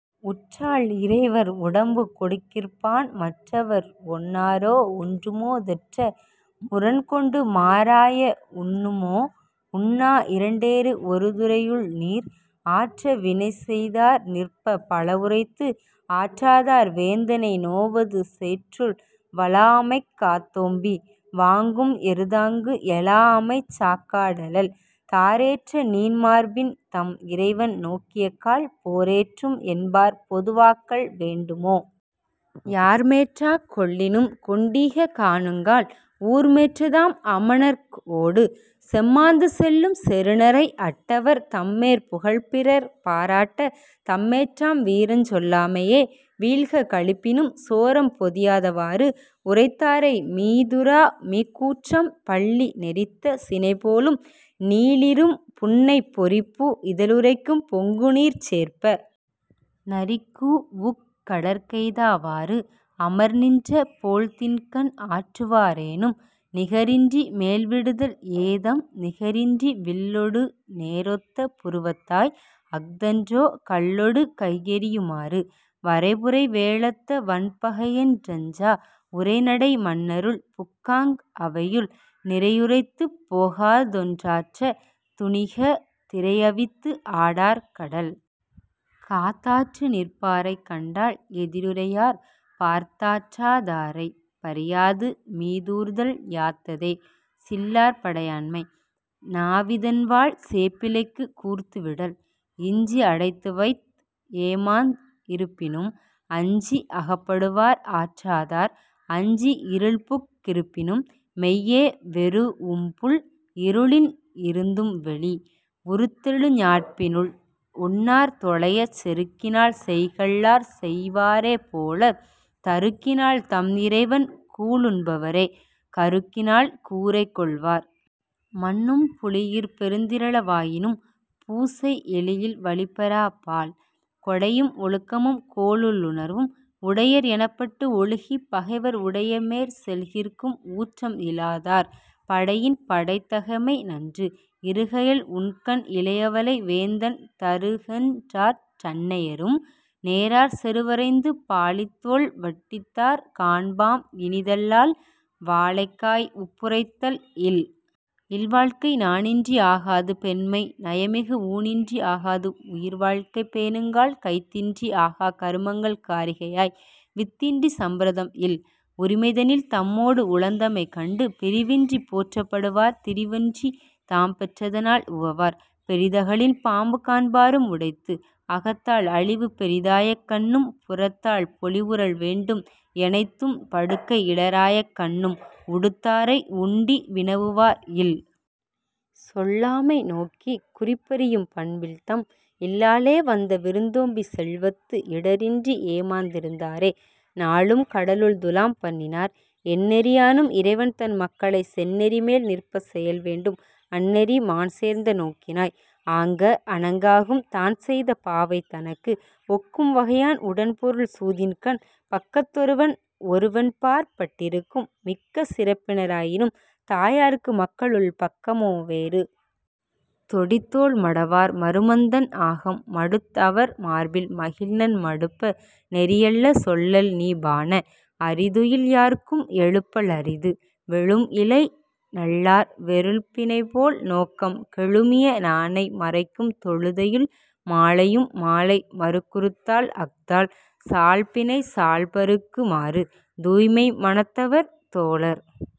உற்றால் இறைவற் உடம்பு கொடுக்கிற்பான் மற்றவற் ஒன்னாரோ ஒன்றுமோ தெற்ற முரண்கொண்டு மாறாய உண்ணுமோ 'உண்ணா இரண்டேறு ஒருதுறையுள் நீர்'. ஆற்ற வினைசெய்தார் நிற்பப் பலவுரைத்து ஆற்றாதார் வேந்தனை நோவது சேற்றுள் வழாஅமைக் காத்தோம்பி 'வாங்கும் எருதாங்கு எழாஅமைச் சாக்கா டெழல்'. தாரேற்ற நீண்மார்பின் தம்இறைவன் நோக்கியக்கால் போரேற்றும் என்பார் பொதுவாக்கல் வேண்டுமோ? யார்மேற்றாக் கொள்ளினும் கொண்டீக காணுங்கால் 'ஊர்மேற்ற தாம்அமணர்க் ஓடு'. செம்மாந்து செல்லும் செறுநரை அட்டவர் தம்மேற் புகழ்பிறர் பாராட்டத் தம்மேற்றாம் வீரஞ்சொல் லாமையே வீழ்க களிப்பினும் 'சோரம் பொதியாத வாறு'. உரைத்தாரை மீதுரா மீக்கூற்றம் பல்லி நெரித்த சினைபோலும் நீளிரும் புன்னைப் பொரிப்பூ இதழுறைக்கும் பொங்குநீர்ச் சேர்ப்ப! 'நரிக்கூஉக் கடற்கெய்தா வாறு'. அமர்நின்ற போழ்தின்கண் ஆற்றுவா ரேனும் நிகரின்றி மேல்விடுதல் ஏதம் நிகரின்றி வில்லொடுநே ரொத்த புருவத்தாய்! அஃதன்றோ 'கல்லொடு கையெறியு மாறு'. வரைபுரை வேழத்த வன்பகையென் றஞ்சா உரைநடை மன்னருள் புக்காங் அவையுள் நிரையுரைத்துப் போகாதொன் றாற்றத் துணிக 'திரையவித்து ஆடார் கடல்'. காத்தாற்று நிற்பாரைக் கண்டால் எதிருரையார் பார்த்தாற்றா தாரைப் பரியாது மீதூர்தல் யாத்ததே சில்லார் படையாண்மை 'நாவிதன்வாள் சேப்பிலைக்குக் கூர்த்து விடல்' இஞ்சி அடைத்துவைத் ஏமாந் இருப்பினும் அஞ்சி அகப்படுவார் ஆற்றாதார் அஞ்சி இருள்புக் கிருப்பினும் மெய்யே வெரூஉம்புள் 'இருளின் இருந்தும் வெளி'. உருத்தெழு ஞாட்பினுள் ஒன்னார் தொலையச் செருக்கினால் செய்கல்லார் செய்வாரே போலத் தருக்கினால் தம் இறைவன் கூழுண் பவரே 'கருக்கினால் கூறைகொள் வார்'. மன்னும் புலியிற் பெருந்திறல வாயினும் 'பூசை எலியில் வழிப்பெறா பால்'. கொடையும் ஒழுக்கமும் கோளுள் ளுணர்வும் உடையர் எனப்பட்டு ஒழுகிப் பகைவர் உடையமேற் செல்கிற்கும் ஊற்றம் இலாதார் 'படையின் படைத்தகைமை நன்று'. இருகயல் உண்கண் இளையவளை வேந்தன் தருகென்றாற் றன்னையரும் நேரார் செருவறைந்து பாழித்தோள் வட்டித்தார் காண்பாம் இனிதல்லால் 'வாழைக்காய் உப்புறைத்தல் இல்'.. இல்வாழ்க்கை நாணின்றி ஆகாது பெண்மை நயமிகு ஊணின்றி ஆகாது உயிர்வாழ்க்கை பேணுங்கால் கைத்தின்றி ஆகா கருமங்கள் காரிகையாய்! 'வித்தின்றிச் சம்பிரதம் இல்'. உரிமைதனில் தம்மோடு உழந்தமை கண்டு பிரிவின்றிப் போற்றப் படுவார் திரிவின்றித் தாம்பெற் றதனால் உவவார் 'பெரிதகழின் பாம்புகாண் பாரும் உடைத்து'. அகத்தால் அழிவு பெரிதாயக் கண்ணும் புறத்தால் பொலிவுறல் வேண்டும் எனைத்தும் படுக்கை இலராயக் கண்ணும் 'உடுத்தாரை உண்டி வினவுவார் இல்'. சொல்லாமை நோக்கிக் குறிப்பறியும் பண்பில்தம் இல்லாளே வந்த விரும்தோம்பிச் செல்வத்து இடரின்றி ஏமாந் திருந்தாரே 'நாளும் கடலுள் துலாம்பண்ணி னார்'. எந்நெறி யானும் இறைவன்தன் மக்களைச் செந்நெறிமேல் நிற்பச் செயல்வேண்டும் அந்நெறி மான்சேர்ந்த நோக்கினாய்! ஆங்க 'அணங்காகும் தான்செய்த பாவை தனக்கு'. ஒக்கும் வகையான் உடன்பொருள் சூதின்கண் பக்கத் தொருவன் ஒருவன்பாற் பட்டிருக்கும் மிக்க சிறப்பின ராயினும் 'தாயார்க்கு மக்களுள் பக்கமோ வேறு'. தொடித்தோள் மடவார் மருமந்தன் ஆகம் மடுத்அவர் மார்பில் மகிழ்நன் மடுப்ப நெறியல்ல சொல்லல்நீ பாண! 'அறிதுயில் யார்க்கும் எழுப்பல் அரிது'. விழும்இழை நல்லார் வெருள்பிணைபோல் நோக்கம் கெழுமிய நாணை மறைக்கும் தொழுதையுள் மாலையும் மாலை மறுக்குறுத்தாள் அஃதால் 'சால்பினைச் சால்பறுக்கு மாறு'. தூய்மை மனத்தவர் தோழர்